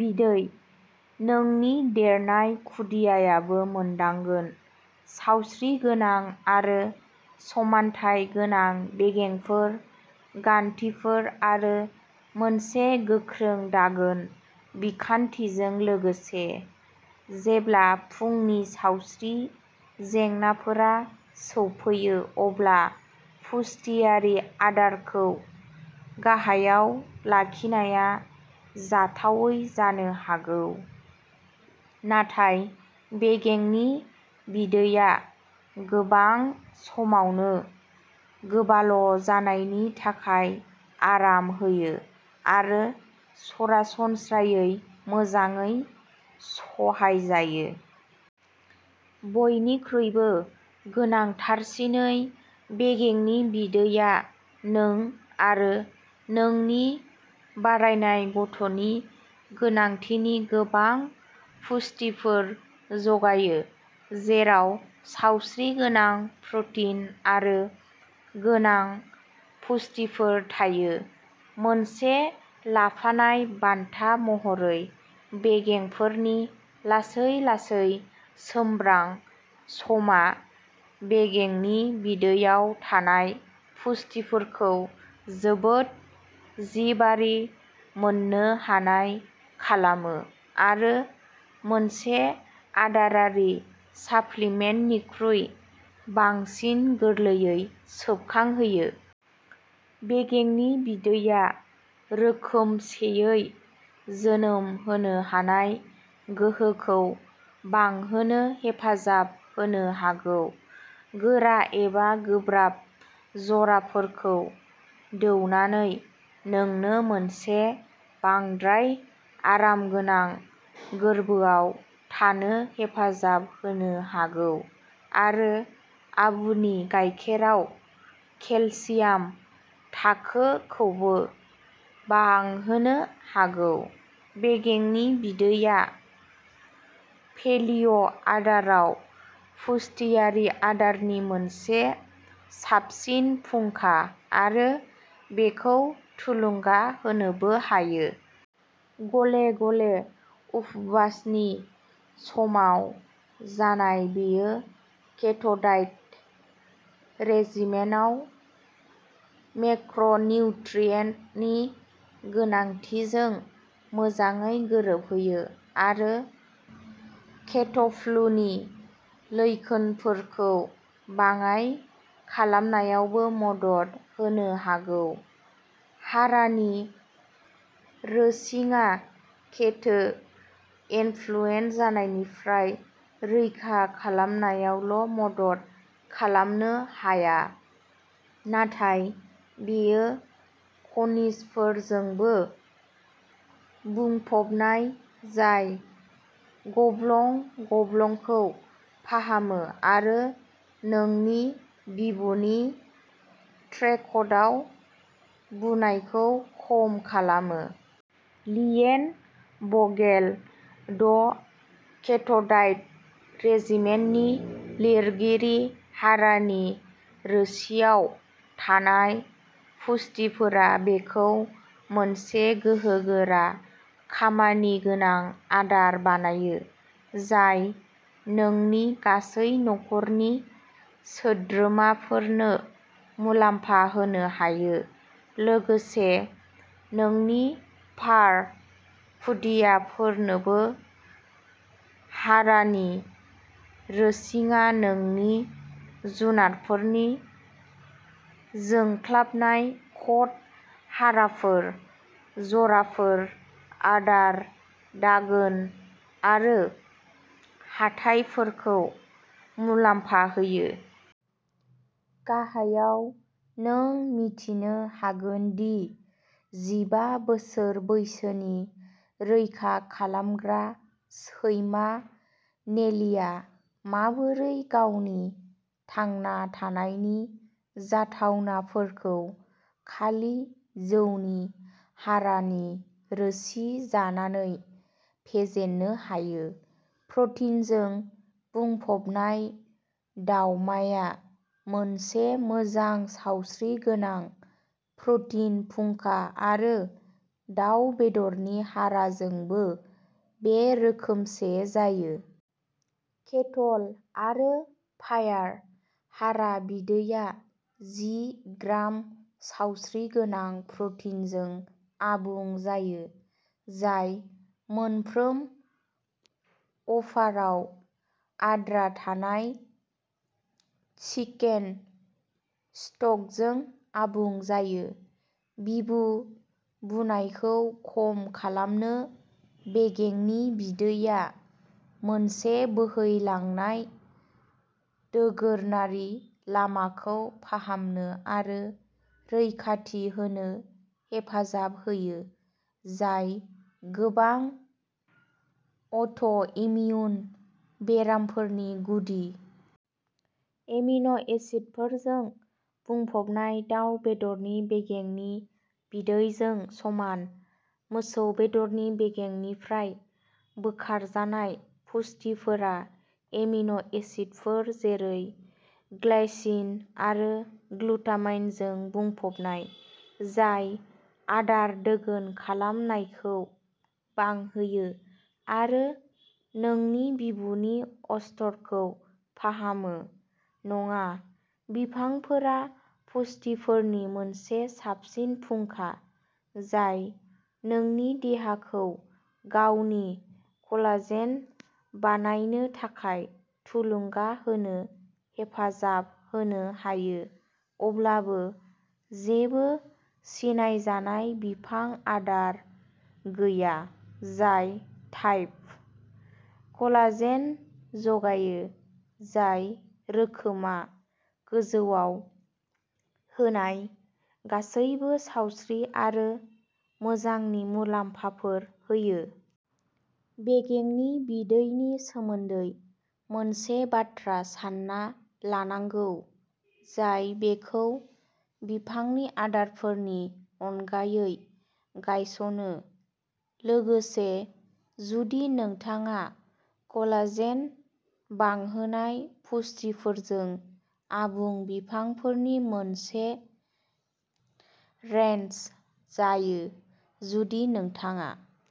बिदै नोंनि देरनाय खुदियायाबो मोन्दांगोन सावस्रिगोनां आरो समानथाय गोनां बेगेंफोर गान्थिफोर आरो मोनसे गोख्रों दोगोन बिखान्थिजों लोगोसे। जेब्ला फुंनि सावस्रि जेंनाफोरा सौफैयो अब्ला पुष्टियारि आदारखौ गाहायाव लाखिनाया जाथावै जानो हागौ। नाथाय बेगेंनि बिदैया गोबां समावनो गोबाल'जानायनि थाखाय आराम होयो आरो सरासनस्रायै मोजाङै सहायजायो। बयनिख्रुइबो गोनांथारसिनै बेगेंनि बिदैया नों आरो नोंनि बारायनाय गथ'नि गोनांथिनि गोबां पुष्टिफोर जगायो जेराव सावस्रिगोनां प्र'टिन आरो गोनां पुष्टिफोर थायो। मोनसे लाफानाय बान्था महरै बेगेंफोरनि लासै लासै सोमब्रां समा बेगेंनि बिदैआव थानाय पुष्टिफोरखौ जोबोद जिबारि मोननो हानाय खालामो आरो मोनसे आदारारि साप्लिमेन्टनिख्रुइ बांसिन गोरलैयै सोबखांहोयो। बेगेंनि बिदैया रोखोमसेयै जोनोम होनो हानाय गोहोखौ बांहोनो हेफाजाब होनो हागौ गोरा एबा गोब्राब जराफोरखौ दौनानै नोंनो मोनसे बांद्राय आरामगोनां गोर्बोआव थानो हेफाजाब होनो हागौ आरो आबुनि गायखेराव केलसियाम थाखोखौबो बांहोनो हागौ। बेगेंनि बिदैया पेलिय'आदाराव पुष्टियारि आदारनि मोनसे साबसिन फुंखा आरो बेखौ थुलुंगा होनोबो हायो। गले गले उपबासनि समाव जानाय बेयो केट'डाइट रेजिमेनआव मेक्र'निउट्रियेन्टनि गोनांथिजों मोजाङै गोरोबहोयो आरो केट'फ्लुनि लैखोनफोरखौ बाङाइ खालामनायावबो मदद होनो हागौ। हारानि रोसिङा केटो इन्फ्लुयेनजानिफ्राय रैखा खालामनायावल'मदद खालामनो हाया नाथाय बेयो खनिजफोरजोंबो बुंफबनाय जाय गब्लं गब्लंखौ फाहामो आरो नोंनि बिबुनि ट्रेक्टआव बुनायखौ खम खालामो। लीएन भगेल द केट'डाइट रेजिमेननि लिरगिरि हारानि रोसिआव थानाय पुष्टिफोरा बेखौ मोनसे गोहोगोरा खामानिगोनां आदार बानायो जाय नोंनि गासै नखरनि सोद्रोमाफोरनो मुलाम्फा होनो हायो लोगोसे नोंनि फार खुदियाफोरनोबो। हारानि रोसिङा नोंनि जुनारफोरनि जोंख्लाबनाय कट हाराफोर जराफोर आदार दोगोन आरो हाथाइफोरखौ मुलाम्फा होयो। गाहायाव नों मिथिनो हागोन दि जिबा बोसोर बैसोनि रैखा खालामग्रा सैमा नेलिआ माबोरै गावनि थांना थानायनि जाथावनाफोरखौ खालि जौनि हारानि रोसि जानानै फेजेननो हायो। प्रटिनजों बुंफबनाय दावमाया मोनसे मोजां सावस्रिगोनां प्रटिन फुंखा आरो दाव बेदरनि हाराफोरजोंबो बे रोखोमसे जायो। केटल आरो फायार हारा बिदैया जि ग्राम सावस्रिगोनां प्रटिनजों आबुं जायो जाय मोनफ्रोम अफारआव आद्रा थानाय चिकेन स्टकजों आबुं जायो। बिबु बुनायखौ खम खालामो बेगेंनि बिदैया मोनसे बोहैलांनाय दोगोनारि लामाखौ फाहामनो आरो रैखाथि होनो हेफाजाब होयो जाय गोबां अट'इमिउन बेरामफोरनि गुदि। एमिनो एसिडफोरजों बुंफबनाय दाव बेदरनि बेगेंनि बिदैजों समान मोसौ बेदरनि बेगेंनिफ्राय बोखारजानाय पुष्टिफोरा एमिनो एसिडफोर जेरै ग्लाइसिन आरो ग्लुटामाइनजों बुंफबनाय, जाय आदार दोगोन खालामनायखौ बांहोयो आरो नोंनि बिबुनि अस्तरखौ फाहामो। नङा। बिफांफोरा पुष्टिफोरनि मोनसे साबसिन फुंखा जाय नोंनि देहाखौ गावनि कलाजेन बानायनो थाखाय थुलुंगा होनो हेफाजाब होनो हायो अब्लाबो जेबो सिनायजानाय बिफां आदार गैया जाय टाइप I कलाजेन जगायो जाय रोखोमआ गोजौआव होनाय गासैबो सावस्रि आरो मोजांनि मुलाम्फाफोर होयो। बेगेंनि बिदैनि सोमोन्दै मोनसे बाथ्रा सानना लानांगौ जाय बेखौ बिफांनि आदारफोरनि अनगायै गायसनो लोगोसे जुदि नोंथाङा कलाजेन बांहोनाय पुष्टिफोरजों आबुं बिफांफोरनि मोनसे रेन्ज जायो जुदि नोंथाङा